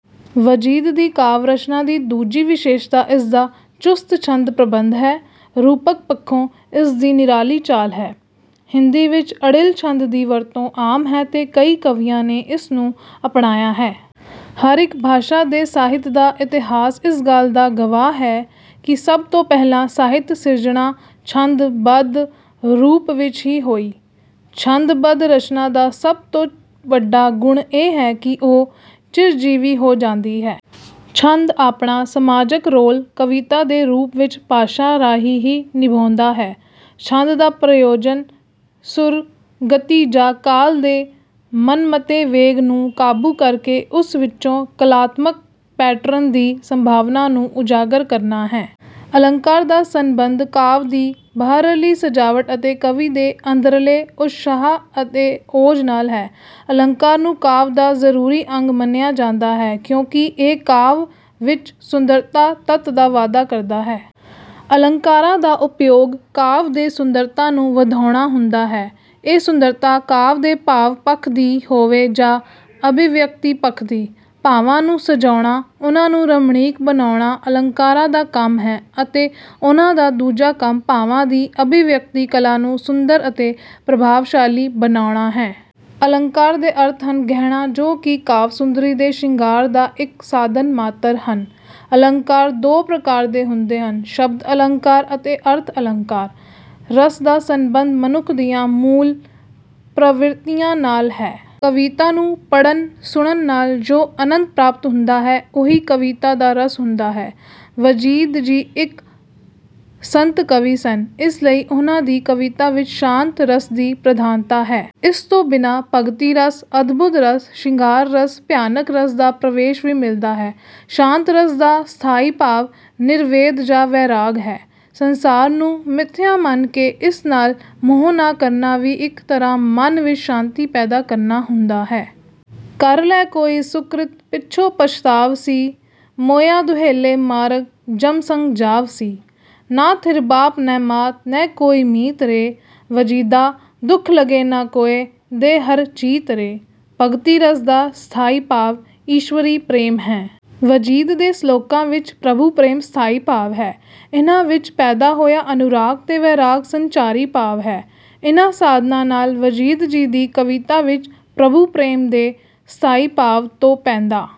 ਵਜੀਦ ਦੀ ਕਾਵਿ ਰਚਨਾ ਦੀ ਦੂਜੀ ਵਿਸ਼ੇਸ਼ਤਾ ਇਸਦਾ ਚੁਸਤ ਛੰਦ ਪ੍ਰਬੰਧ ਹੈ। ਰੂਪਕ ਪੱਖੋਂ ਇਸਦੀ ਨਿਰਾਲੀ ਚਾਲ ਹੈ। ਹਿੰਦੀ ਵਿੱਚ ਅੜਿੱਲ ਛੰਦ ਦੀ ਵਰਤੋਂ ਆਮ ਹੈ ਤੇ ਕਈ ਕਵੀਆਂ ਨੇ ਇਸਨੂੰ ਅਪਣਾਇਆ ਹੈ। ਹਰ ਇੱਕ ਭਾਸ਼ਾ ਦੇ ਸਾਹਿਤ ਦਾ ਇਤਿਹਾਸ ਇਸ ਗੱਲ ਦਾ ਗਵਾਹ ਹੈ ਕਿ ਸਭ ਤੋਂ ਪਹਿਲਾਂ ਸਾਹਿਤ ਸਿਰਜਣਾ ਛੰਦ ਬੱਧ ਰੂਪ ਵਿੱਚ ਹੀ ਹੋਈ। ਛੰਦ ਬੱਧ ਰਚਨਾ ਦਾ ਸਭ ਤੋਂ ਵੱਡਾ ਗੁਣ ਇਹ ਹੈ ਕਿ ਉਹ ਚਿਰਜੀਵੀ ਹੋ ਜਾਂਦੀ ਹੈ। ਛੰਦ ਆਪਣਾ ਸਮਾਜਕ ਰੋਲ ਕਵਿਤਾ ਦੇ ਰੂਪ ਵਿੱਚ ਭਾਸ਼ਾ ਰਾਹੀਂ ਹੀ ਨਿਭਾਉਂਦਾ ਹੈ। ਛੰਦ ਦਾ ਪ੍ਰਯੋਜਨ ਸੁਰ, ਗਤੀ ਜਾਂ ਕਾਲ ਦੇ ਮਨਮਤੇ ਵੇਗ ਨੂੰ ਕਾਬੂ ਕਰਕੇ ਉਸ ਵਿੱਚੋਂ ਕਲਾਤਮਕ ਪੈਟਰਨ ਦੀ ਸੰਭਾਵਨਾ ਨੂੰ ਉਜਾਗਰ ਕਰਨਾ ਹੈ। ਅਲੰਕਾਰ ਦਾ ਸੰਬੰਧ ਕਾਵਿ ਦੀ ਬਾਹਰਲੀ ਸਜਾਵਟ ਅਤੇ ਕਵੀ ਦੇ ਅੰਦਰਲੇ ਉਤਸ਼ਾਹ ਅਤੇ ਓਜ ਨਾਲ ਹੈ। ਅਲੰਕਾਰ ਨੂੰ ਕਾਵਿ ਦਾ ਜ਼ਰੂਰੀ ਅੰਗ ਮੰਨਿਆ ਜਾਂਦਾ ਹੈ ਕਿਉਂਕਿ ਇਹ ਕਾਵਿ ਵਿੱਚ ਸੁੰਦਰਤਾ ਤੱਤ ਦਾ ਵਾਧਾ ਕਰਦਾ ਹੈ। ਅਲੰਕਾਰਾਂ ਦਾ ਉਪਯੋਗ ਕਾਵਿ ਦੇ ਸੁੰਦਰਤਾ ਨੂੰ ਵਧਾਉਣਾ ਹੁੰਦਾ ਹੈ। ਇਹ ਸੁੰਦਰਤਾ ਕਾਵਿ ਦੇ ਭਾਵ ਪੱਖ ਦੀ ਹੋਵੇ ਜਾਂ ਅਭਿਵਿਅਕਤੀ ਪੱਖ ਦੀ। ਭਾਵਾਂ ਨੂੰ ਸਜਾਉਣਾ, ਉਨ੍ਹਾਂ ਨੂੰ ਰਮਣੀਕ ਬਣਾਉਣਾ ਅਲੰਕਾਰਾਂ ਦਾ ਕੰਮ ਹੈ ਅਤੇ ਉਨ੍ਹਾਂ ਦਾ ਦੂਜਾ ਕੰਮ ਭਾਵਾਂ ਦੀ ਅਭਿਵਿਅਕਤੀ ਕਲਾ ਨੂੰ ਸੁੰਦਰ ਅਤੇ ਪ੍ਰਭਾਵਸ਼ਾਲੀ ਬਣਾਉਣਾ ਹੈ। ਅਲੰਕਾਰ ਦੇ ਅਰਥ ਹਨ ਗਹਿਣਾ ਜੋ ਕਿ ਕਾਵਿ ਸੁੰਦਰੀ ਦੇ ਸ਼ਿੰਗਾਰ ਦਾ ਇੱਕ ਸਾਧਨ ਮਾਤਰ ਹਨ। ਅਲੰਕਾਰ ਦੋ ਪ੍ਰਕਾਰ ਦੇ ਹੁੰਦੇ ਹਨ ਸ਼ਬਦ ਅਲੰਕਾਰ ਅਤੇ ਅਰਥ ਅਲੰਕਾਰ। ਰਸ ਦਾ ਸੰਬੰਧ ਮਨੁੱਖ ਦੀਆਂ ਮੂਲ ਪ੍ਰਵਿਰਤੀਆਂ ਨਾਲ ਹੈ। ਕਵਿਤਾ ਨੂੰ ਪੜ੍ਹਨ ਸੁਣਨ ਨਾਲ ਜੋ ਅਨੰਦ ਪ੍ਰਾਪਤ ਹੁੰਦਾ ਹੈ ਉਹੀ ਕਵਿਤਾ ਦਾ ਰਸ ਹੁੰਦਾ ਹੈ। ਵਜੀਦ ਜੀ ਇੱਕ ਸੰਤ ਕਵੀ ਸਨ, ਇਸ ਲਈ ਉਨ੍ਹਾਂ ਦੀ ਕਵਿਤਾ ਵਿੱਚ ਸ਼ਾਂਤ ਰਸ ਦੀ ਪ੍ਰਧਾਨਤਾ ਹੈ। ਇਸ ਤੋਂ ਬਿਨਾਂ ਭਗਤੀ ਰਸ, ਅਦਭੁਤ ਰਸ, ਸ਼ਿੰਗਾਰ ਰਸ, ਭਿਆਨਕ ਰਸ ਦਾ ਪ੍ਰਵੇਸ਼ ਵੀ ਮਿਲਦਾ ਹੈ। ਸ਼ਾਂਤ ਰਸ ਦਾ ਸਥਾਈ ਭਾਵ ਨਿਰਵੇਦ ਜਾਂ ਵੈਰਾਗ ਹੈ। ਸੰਸਾਰ ਨੂੰ ਮਿਥਿਆ ਮੰਨ ਕੇ ਇਸ ਨਾਲ ਮੋਹ ਨਾ ਕਰਨਾ ਵੀ ਇੱਕ ਤਰ੍ਹਾਂ ਮਨ ਵਿੱਚ ਸ਼ਾਂਤੀ ਪੈਦਾ ਕਰਨਾ ਹੁੰਦਾ ਹੈ। "ਕਰ ਲੈ ਕੋਈ ਸੁਕ੍ਰਿਤ, ਪਿਛੋਂ ਪਛਤਾਵਸੀ। ਮੁਇਆਂ ਦੁਹੇਲੇ ਮਾਰਗ, ਜਮ ਸੰਗਿ ਜਾਵਸੀ। ਨਾ ਥਿਰ ਬਾਪੁ ਨ ਮਾਤੁ, ਨ ਕੋਈ ਮੀਤ ਰੇ। ਵਜੀਦਾ ਦੁਖ ਲਗੇ ਨ ਕੋਇ, ਦੇ ਹਰਿ ਚੀਤੁ ਰੇ।" ਭਗਤੀ ਰਸ ਦਾ ਸਥਾਈ ਭਾਵ ਈਸ਼ਵਰੀ ਪ੍ਰੇਮ ਹੈ। ਵਜੀਦ ਦੇ ਸਲੋਕਾਂ ਵਿੱਚ ਪ੍ਰਭੂ ਪ੍ਰੇਮ ਸਥਾਈ ਭਾਵ ਹੈ। ਇਨ੍ਹਾਂ ਵਿੱਚ ਪੈਦਾ ਹੋਇਆ ਅਨੁਰਾਗ ਤੇ ਵੈਰਾਗ ਸੰਚਾਰੀ ਭਾਵ ਹੈ। ਇਨ੍ਹਾਂ ਸਾਧਨਾਂ ਨਾਲ ਵਜੀਦ ਜੀ ਦੀ ਕਵਿਤਾ ਵਿੱਚ ਪ੍ਰਭੂ ਪ੍ਰੇਮ ਦੇ ਸਥਾਈ ਭਾਵ ਤੋਂ ਪੈਂਦਾ।